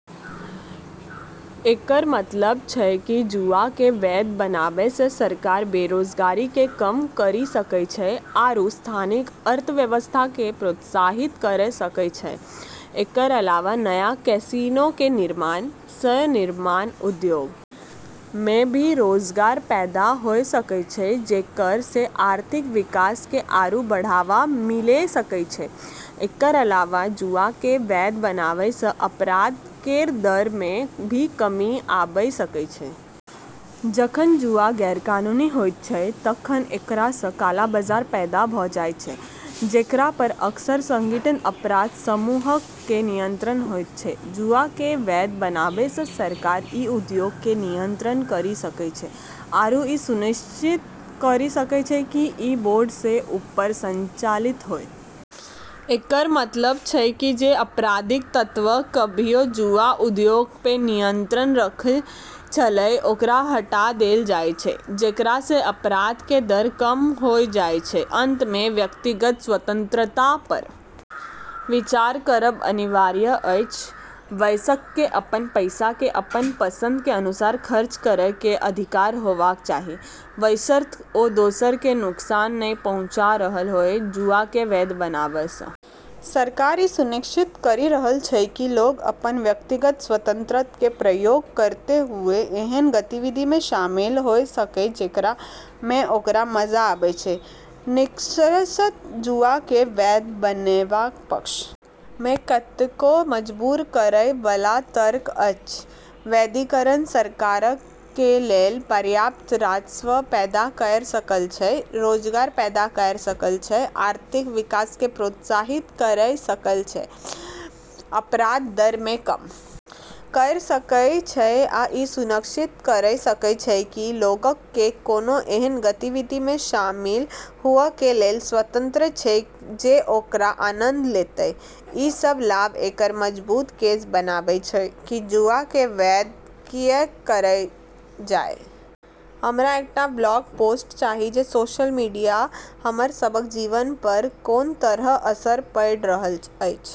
एकरऽ मतलब छै कि जुआ के वैध बनाबै से सरकार बेरोजगारी के कम करी सकै छै आरू स्थानीय अर्थव्यवस्था के प्रोत्साहित करी सकै छै, एकरऽ अलावा नया कैसिनो के निर्माण से निर्माण उद्योग मे भी रोजगार पैदा होय सकै छै जेकरा से आर्थिक विकास के आरू बढ़ावा मिले सकै छै, एकरऽ अलावा जुआ के वैध बनाबै से अपराध केरऽ दर मे भी कमी आबी सकै छै जखन जुआ गैरकानूनी होयत छै तखन एकरा सं काला बाजार पैदा भ जायत छै जेकरा पर अक्सर संगठित अपराध समूहक कें नियंत्रण होयत छै, जुआ के वैध बनाबै से सरकार ई उद्योग के नियंत्रित करी सकै छै आरू ई सुनिश्चित करी सकै छै कि ई बोर्ड से ऊपर संचालित होय। एकरऽ मतलब छै कि जे आपराधिक तत्व कभियो जुआ उद्योग पे नियंत्रण रखै छेलै ओकरा हटाय देलऽ जाय छै जेकरा से अपराध के दर कम होय जाय छै। अंत मे व्यक्तिगत स्वतंत्रता पर विचार करब अनिवार्य अछि, वयस्कक कें अपन पैसा कें अपन पसंद कें अनुसार खर्च करय कें अधिकार होबाक चाही, बशर्ते ओ दोसर कें नुकसान नहि पहुंचा रहल होय, जुआ के वैध बनाबै से सरकार ई सुनिश्चित करी रहलऽ छै कि लोग अपनऽ व्यक्तिगत स्वतंत्रता के प्रयोग करतें हुए ऐन्हऽ गतिविधि मे शामिल होय सके जेकरा मे ओकरा मजा आबै छै, निष्कर्षतः जुआ के वैध बनेबाक पक्ष में कतेको मजबूर करय बला तर्क अछि, वैधीकरण सरकारक कें लेल पर्याप्त राजस्व पैदा कयर सकय छै, रोजगार पैदा कयर सकय छै, आर्थिक विकास कें प्रोत्साहित कयर सकय छै, अपराध दर कें कम कयर सकय छै आ इ सुनिश्चित करय सकय छै की लोगक कें कोनों एहन गतिविधि मे शामिल हुअ कें लेल स्वतंत्र छै जे ओकरा आनंद लेतय, ई सब लाभ एकरऽ मजबूत केस बनाबै छै कि जुआ के वैध कियैक करलऽ जाय। हमरा एकटा ब्लॉग पोस्ट चाही जे सोशल मीडिया हमर सभक जीवन पर कोन तरहक असर पड़ि रहल अछि।